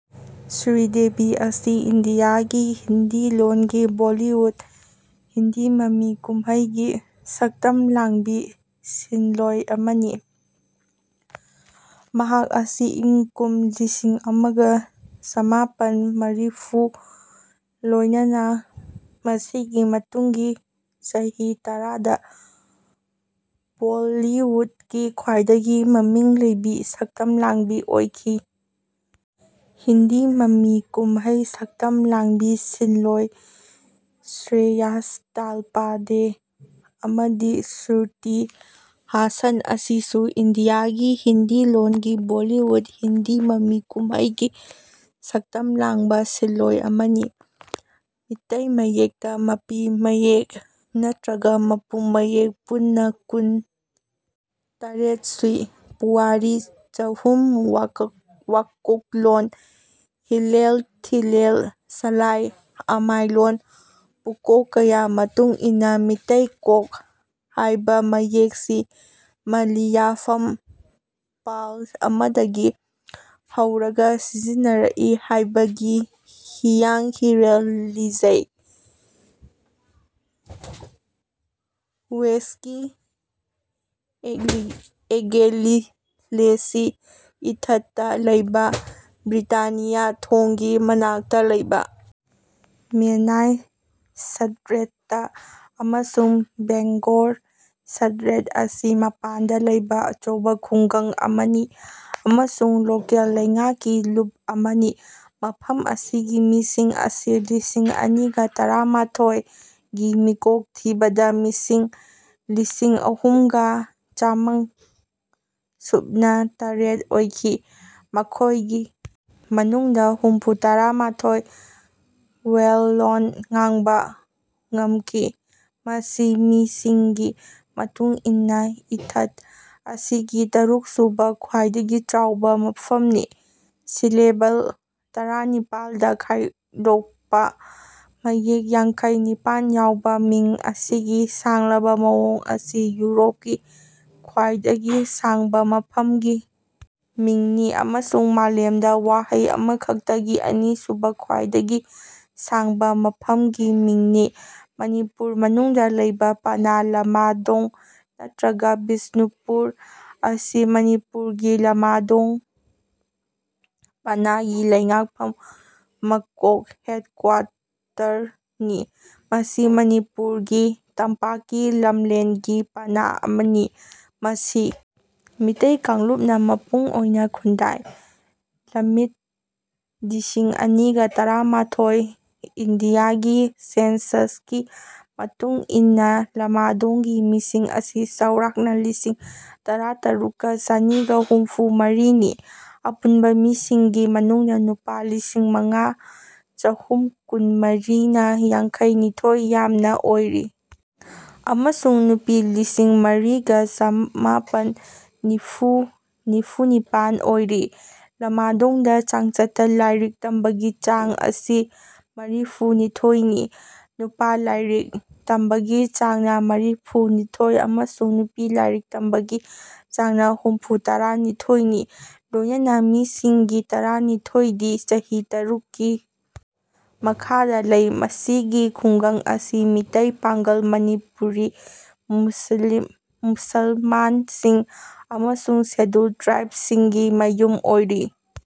ꯁ꯭ꯔꯤꯗꯦꯚꯤ ꯑꯁꯤ ꯏꯟꯗꯤꯌꯥꯒꯤ ꯍꯤꯟꯗꯤ ꯂꯣꯟꯒꯤ ꯕꯣꯜꯂꯤꯋꯨꯗ (ꯍꯤꯟꯗꯤ ꯃꯃꯤ ꯀꯨꯝꯃꯩ)ꯒꯤ ꯁꯛꯇꯝ ꯂꯥꯡꯕꯤ ꯁꯤꯟꯂꯣꯢ ꯑꯃꯅꯤ꯫ ꯃꯍꯥꯛ ꯑꯁꯤ ꯏꯪ ꯀꯨꯝ ꯂꯤꯁꯤꯡ ꯑꯃꯒ ꯆꯃꯥꯄꯟ ꯃꯔꯤꯐꯨꯗ ꯂꯣꯢꯅꯅ ꯃꯁꯤꯒꯤ ꯃꯇꯨꯡꯒꯤ ꯆꯍꯤ ꯇꯔꯥꯗ ꯕꯣꯜꯂꯤꯋꯨꯗꯀꯤ ꯈ꯭ꯋꯥꯢꯗꯒꯤ ꯃꯃꯤꯡ ꯂꯩꯕꯤ ꯁꯛꯇꯝ ꯂꯥꯡꯕꯤ ꯑꯣꯢꯈꯤ꯫ ꯍꯤꯟꯗꯤ ꯃꯃꯤ ꯀꯨꯝꯃꯩ ꯁꯛꯇꯝ ꯂꯥꯡꯕꯤ ꯁꯤꯟꯂꯣꯢ ꯁ꯭ꯔꯦꯌꯥꯁ ꯇꯥꯜꯄꯥꯗꯦ ꯑꯃꯗꯤ ꯁ꯭ꯔꯨꯇꯤ ꯍꯥꯁꯟ ꯑꯁꯤꯁꯨ ꯏꯟꯗꯤꯌꯥꯒꯤ ꯍꯤꯟꯗꯤ ꯂꯣꯟꯒꯤ ꯕꯣꯜꯂꯤꯋꯨꯗ (ꯍꯤꯟꯗꯤ ꯃꯃꯤ ꯀꯨꯝꯃꯩ)ꯒꯤ ꯁꯛꯇꯝ ꯂꯥꯡꯕ ꯁꯤꯟꯂꯣꯢ ꯑꯃꯅꯤ꯫ ꯃꯤꯇꯩ ꯃꯌꯦꯛꯇ ꯃꯄꯤ ꯃꯌꯦꯛ ꯅꯠꯇ꯭ꯔꯒ ꯃꯄꯨꯝ ꯃꯌꯦꯛ ꯄꯨꯟꯅ ꯀꯨꯟ - ꯇꯔꯦꯠ ꯁꯨꯏ꯫ ꯄꯨꯋꯥꯔꯤ ꯆꯍꯨꯝ ꯋꯥꯀꯣꯛꯂꯣꯟ ꯍꯤꯂꯦꯜ ꯊꯤꯂꯦꯜ ꯁꯂꯥꯏ ꯑꯃꯥꯏꯂꯣꯟ ꯄꯨꯀꯣꯛ ꯄꯨꯌꯥ ꯃꯇꯨꯡꯏꯟꯅ ꯃꯤꯇꯩ ꯀꯣꯛ ꯍꯥꯏꯕ ꯃꯌꯦꯛꯁꯤ ꯃꯂꯤꯌꯥꯐꯝ ꯄꯥꯜꯆ ꯑꯃꯗꯒꯤ ꯍꯧꯔꯒ ꯁꯤꯖꯤꯟꯅꯔꯛꯏ ꯍꯥꯏꯕꯒꯤ ꯍꯤꯌꯥꯡ ꯍꯤꯔꯦꯜ ꯂꯩꯖꯩ꯫ ꯋꯦꯜꯁꯀꯤ "ꯑꯦꯡꯒꯦꯂꯦꯁꯤ ꯏꯊꯠ"ꯇ ꯂꯩꯕ ꯕ꯭ꯔꯤꯇꯥꯅꯤꯌꯥ ꯊꯣꯡꯒꯤ ꯃꯅꯥꯛꯇ ꯂꯩꯕ "ꯃꯦꯅꯥꯏ ꯁ꯭ꯇ꯭ꯔꯦꯠ"ꯇ ꯑꯃꯁꯨꯡ "ꯕꯦꯡꯒꯣꯔ ꯁ꯭ꯇ꯭ꯔꯦꯠ" ꯑꯁꯤ ꯃꯄꯥꯟꯗ ꯂꯩꯕ ꯑꯆꯧꯕ ꯈꯨꯡꯒꯪ ꯑꯃꯅꯤ ꯑꯃꯁꯨꯡ ꯂꯣꯀꯦꯜ ꯂꯩꯉꯥꯛꯀꯤ ꯂꯨꯞ ꯑꯃꯅꯤ꯫ ꯃꯐꯝ ꯑꯁꯤꯒꯤ ꯃꯤꯁꯤꯡ ꯑꯁꯤ ꯂꯤꯁꯤꯡ ꯑꯅꯤꯒ ꯇꯔꯥꯃꯥꯊꯣꯏ ꯒꯤ ꯃꯤꯀꯣꯛ ꯊꯤꯕꯗ ꯃꯤꯁꯤꯡ ꯂꯤꯁꯤꯡꯑꯍꯨꯝꯒ ꯆꯥꯃꯒ ꯁꯨꯞꯅ ꯇꯔꯦꯠ ꯑꯣꯏꯈꯤ꯫ ꯃꯈꯣꯢꯒꯤ ꯃꯅꯨꯡꯗ ꯍꯨꯝꯐꯨꯇꯔꯥ ꯃꯥꯊꯣꯏꯅ ꯋꯦꯜꯁ ꯂꯣꯟ ꯉꯥꯡꯕ ꯉꯝꯈꯤ꯫ ꯃꯁꯤ ꯃꯤꯁꯤꯡꯒꯤ ꯃꯇꯨꯡ ꯏꯟꯅ ꯏꯊꯠ ꯑꯁꯤꯒꯤ ꯇꯔꯨꯛꯁꯨꯕ ꯈ꯭ꯋꯥꯢꯗꯒꯤ ꯆꯥꯎꯕ ꯃꯐꯝꯅꯤ꯫ ꯁꯤꯂꯦꯕꯜ ꯇꯔꯥꯅꯤꯄꯥꯜꯗ ꯈꯥꯏꯗꯣꯛꯄ ꯃꯌꯦꯛ ꯌꯥꯡꯈꯩ ꯅꯤꯄꯥꯟ ꯌꯥꯎꯕ ꯃꯤꯡ ꯑꯁꯤꯒꯤ ꯁꯥꯡꯂꯕ ꯃꯑꯣꯡ ꯑꯁꯤ ꯌꯨꯔꯣꯞꯀꯤ ꯈ꯭ꯋꯥꯏꯗꯒꯤ ꯁꯥꯡꯕ "ꯃꯐꯝꯒꯤ ꯃꯤꯡ"ꯅꯤ ꯑꯃꯁꯨꯡ ꯃꯥꯂꯦꯝꯗ ꯋꯥꯍꯩ ꯑꯃꯈꯛꯇꯒꯤ ꯑꯅꯤꯁꯨꯕ ꯈ꯭ꯋꯥꯏꯗꯒꯤ ꯁꯥꯡꯕ "ꯃꯐꯝꯒꯤ ꯃꯤꯡ"ꯅꯤ꯫ ꯃꯅꯤꯄꯨꯔ ꯃꯅꯨꯡꯗ ꯂꯩꯕ ꯄꯅꯥ ꯂꯃꯥꯡꯗꯣꯡ ꯅꯠꯇ꯭ꯔꯒ ꯕꯤꯁ꯭ꯅꯨꯄꯨꯔ ꯑꯁꯤ ꯃꯅꯤꯄꯨꯔꯒꯤ ꯂꯃꯥꯡꯗꯣꯡ ꯄꯅꯥꯒꯤ ꯂꯩꯉꯥꯛꯐꯝ ꯃꯀꯣꯛ (ꯍꯦꯗꯀ꯭ꯋꯥꯔꯇꯔ) ꯅꯤ꯫ ꯃꯁꯤ ꯃꯅꯤꯄꯨꯔ ꯒꯤ ꯇꯝꯄꯥꯛꯀꯤ ꯂꯝꯂꯦꯟꯒꯤ ꯄꯅꯥ ꯑꯃꯅꯤ꯫ ꯃꯁꯤ ꯃꯤꯇꯩ ꯀꯥꯡꯂꯨꯞꯅ ꯃꯄꯨꯡ ꯑꯣꯢꯅ ꯈꯨꯟꯗꯥꯏ꯫ ꯂꯝꯃꯤꯠ ꯂꯤꯁꯤꯡ ꯑꯅꯤꯒ ꯇꯔꯥꯃꯥꯊꯣꯏꯒꯤ ꯏꯟꯗꯤꯌꯥꯒꯤ ꯁꯦꯟꯁꯁꯀꯤ ꯃꯇꯨꯡ ꯏꯟꯅ ꯂꯃꯥꯡꯗꯣꯡꯒꯤ ꯃꯤꯁꯤꯡ ꯑꯁꯤ ꯆꯥꯎꯔꯥꯛꯅ ꯂꯤꯁꯤꯡ ꯇꯔꯥꯇꯔꯨꯛꯀ ꯆꯅꯤꯒ ꯍꯨꯝꯐꯨ ꯃꯔꯤꯅꯤ꯫ ꯑꯄꯨꯟꯕ ꯃꯤꯁꯤꯡꯒꯤ ꯃꯅꯨꯡꯗ ꯅꯨꯄꯥ ꯂꯤꯁꯤꯡꯃꯉꯥ ꯆꯍꯨꯝ ꯀꯨꯟꯃꯔꯤꯅ ꯌꯥꯡꯈꯩ ꯅꯤꯊꯣꯢ ꯌꯥꯝꯅ ꯑꯣꯏꯔꯤ ꯑꯃꯁꯨꯡ ꯅꯨꯄꯤ ꯂꯤꯁꯤꯡꯃꯔꯤꯒ ꯆꯃꯥꯄꯟ ꯅꯤꯐꯨꯅ ꯅꯤꯐꯨꯅꯤꯄꯥꯟ ꯑꯣꯏꯔꯤ꯫ ꯂꯃꯥꯡꯗꯣꯡꯗ ꯆꯥꯡꯆꯠꯇ ꯂꯥꯏꯔꯤꯛ ꯇꯝꯕꯒꯤ ꯆꯥꯡ ꯑꯁꯤ ꯃꯔꯤꯐꯨ ꯅꯤꯊꯣꯏꯅꯤ꯫ ꯅꯨꯄꯥ ꯂꯥꯏꯔꯤꯛ ꯇꯝꯕꯒꯤ ꯆꯥꯡꯅ ꯃꯔꯤꯐꯨ ꯅꯤꯊꯣꯏ ꯑꯃꯁꯨꯡ ꯅꯨꯄꯤ ꯂꯥꯏꯔꯤꯛ ꯇꯝꯕꯒꯤ ꯆꯥꯡꯅ ꯍꯨꯝꯐꯨꯇꯔꯥ ꯅꯤꯊꯣꯏꯅꯤ ꯂꯣꯏꯅꯅ ꯃꯤꯁꯤꯡꯒꯤ ꯇꯔꯥꯅꯤꯊꯣꯏꯗꯤ ꯆꯍꯤ ꯇꯔꯨꯛꯀꯤ ꯃꯈꯥꯗꯥ ꯂꯩ꯫ ꯃꯁꯤꯒꯤ ꯈꯨꯡꯒꯪ ꯑꯁꯤ ꯃꯤꯇꯩ, ꯄꯥꯡꯒꯜ (ꯃꯅꯤꯄꯨꯔꯤ ꯃꯨꯁꯜꯃꯥꯟꯁꯤꯡ) ꯑꯃꯁꯨꯡ ꯁꯦꯗ꯭ꯌꯨꯜ ꯇ꯭ꯔꯥꯏꯕꯁꯤꯡꯒꯤ ꯃꯌꯨꯝ ꯑꯣꯏꯔꯤ꯫